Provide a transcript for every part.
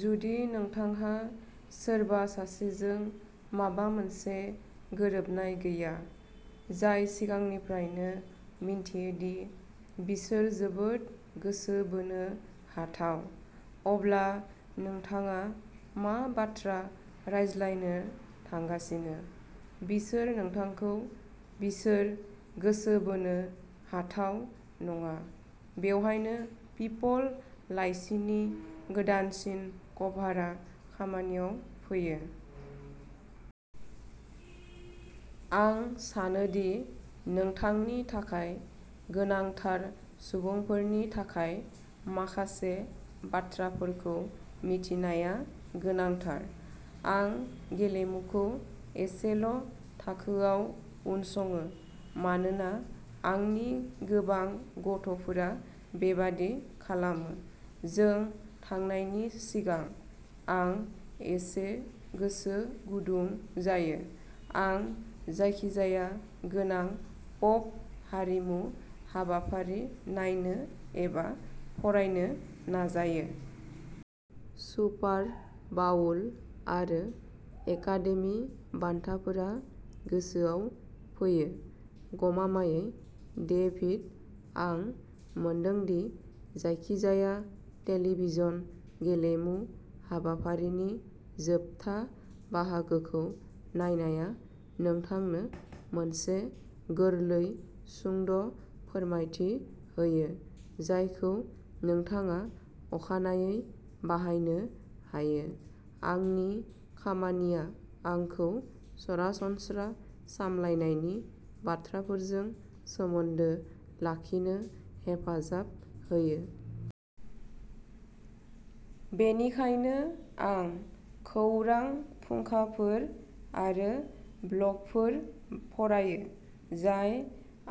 जुदि नोंथांहा सोरबा सासेजों माबा मोनसे गोरोबनाय गैया, जाय सिगांनिफ्रायनो मिन्थियो दि बिसोर जोबोद गोसो बोनो हाथाव, अब्ला नोंथाङा मा बाथ्रा रायज्लायनो थांगासिनो? बिसोर नोंथांखौ बिसोर गोसो बोनो हाथाव नङा। बेवहायनो पिपल लाइसिनि गोदानसिन कभारआ खामानियाव फैयो। आं सानो दि नोंथांनि थाखाय गोनांथार सुबुंफोरनि थाखाय माखासे बाथ्राफोरखौ मिथिनाया गोनांथार। आं गेलेमुखौ एसेल' थाखोआव उनसङो मानोना आंनि गोबां गथ' फोरा बेबादि खालामो। जों थांनायनि सिगां आं एसे गोसो गुदुं जायो। आं जायखिजाया गोनां पप हारिमु हाबाफारि नायनो एबा फरायनो नाजायो। सुपार बाउल आरो एकादेमि बान्थाफोरा गोसोआव फैयो। गमामायै, डेभिड, आं मोनदों दि जायखिजाया टेलिभिजन गेलेमु हाबाफारिनि जोबथा बाहागोखौ नायनाया नोंथांनो मोनसे गोरलै सुंद' फोरमायथि होयो, जायखौ नोंथाङा अखानायै बाहायनो हायो। आंनि खामानिया आंखौ सरासनस्रा सामलायनायनि बाथ्राफोरजों सोमोन्दो लाखिनो हेफाजाब होयो। बेनिखायनो आं खौरां फुंखाफोर आरो ब्लगफोर फरायो जाय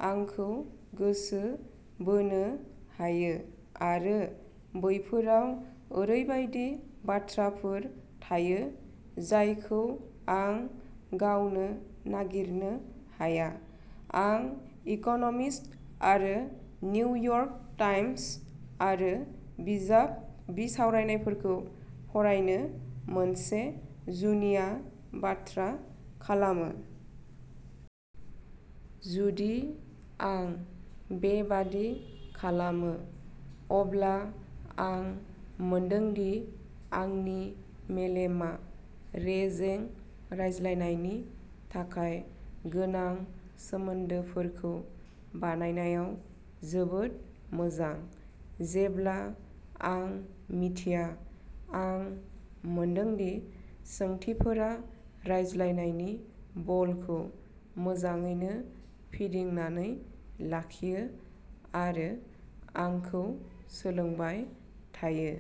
आंखौ गोसो बोनो हायो आरो बैफोराव ओरैबायदि बाथ्राफोर थायो जायखौ आं गावनो नागिरनो हाया। आं इक'न'मिस्ट आरो निउयर्क टाइम्स आरो बिजाब बिसावरायनायफोरखौ फरायनो मोनसे जुनिया बाथ्रा खालामो। जुदि आं बेबादि खालामो, अब्ला आं मोनदों दि आंनि मेलेमआ रेजें रायज्लायनायनि थाखाय गोनां सोमोन्दोफोरखौ बानायनायाव जोबोद मोजां। जेब्ला आं मिथिया, आं मोनदों दि सोंथिफोरा रायज्लायनायनि बलखौ मोजाङैनो फिदिंनानै लाखियो आरो आंखौ सोलोंबाय थायो।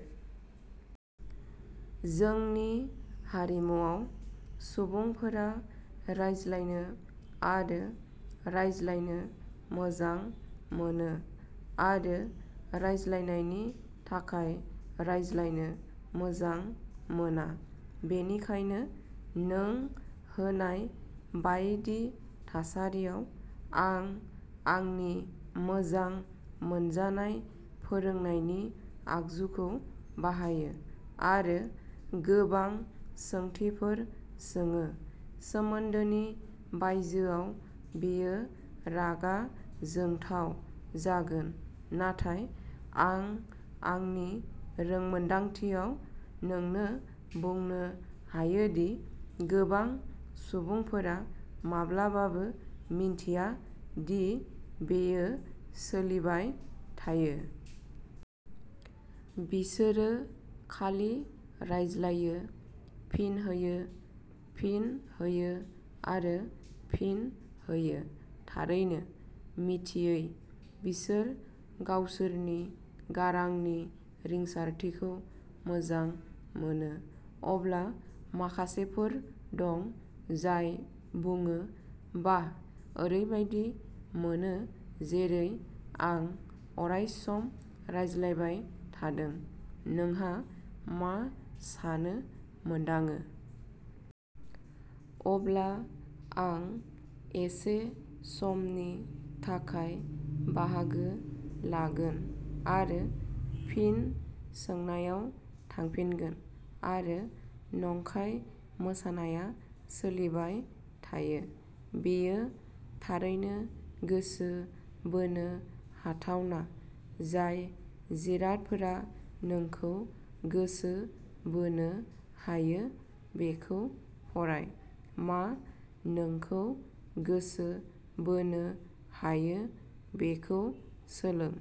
जोंनि हारिमुआव, सुबुंफोरा रायज्लायनो आरो रायज्लायनो मोजां मोनो आरो रायज्लायनायनि थाखाय रायज्लायनो मोजां मोना। बेनिखायनो, नों होनाय बायदि थासारियाव, आं आंनि मोजां मोनजानाय फोरोंनायनि आगजुखौ बाहायो आरो गोबां सोंथिफोर सोङो। सोमोन्दोनि बायजोआव बेयो रागा जोंथाव जागोन, नाथाय आं आंनि रोंमोन्दांथियाव नोंनो बुंनो हायो दि गोबां सुबुंफोरा माब्लाबाबो मिन्थिया दि बेयो सोलिबाय थायो। बिसोरो खालि रायज्लायो, फिन होयो, फिन होयो आरो फिन होयो थारैनो, मिथियै। बिसोर गावसोरनि गारांनि रिंसारथिखौ मोजां मोनो। अब्ला माखासेफोर दं जाय बुङो, "बाह, ओरैबायदि मोनो जेरै आं अरायसम रायज्लायबाय थादों, नोंहा मा सानो मोनदाङो?" अब्ला, आं एसे समनि थाखाय बाहागो लागोन आरो फिन सोंनायाव थांफिनगोन आरो नंखाय मोसानायआ सोलिबाय थायो। बेयो थारैनो गोसो बोनो हाथावना। जाय जिरादफोरा नोंखौ गोसो बोनो हायो बेखौ फराय। मा नोंखौ गोसो बोनो हायो बेखौ सोलों।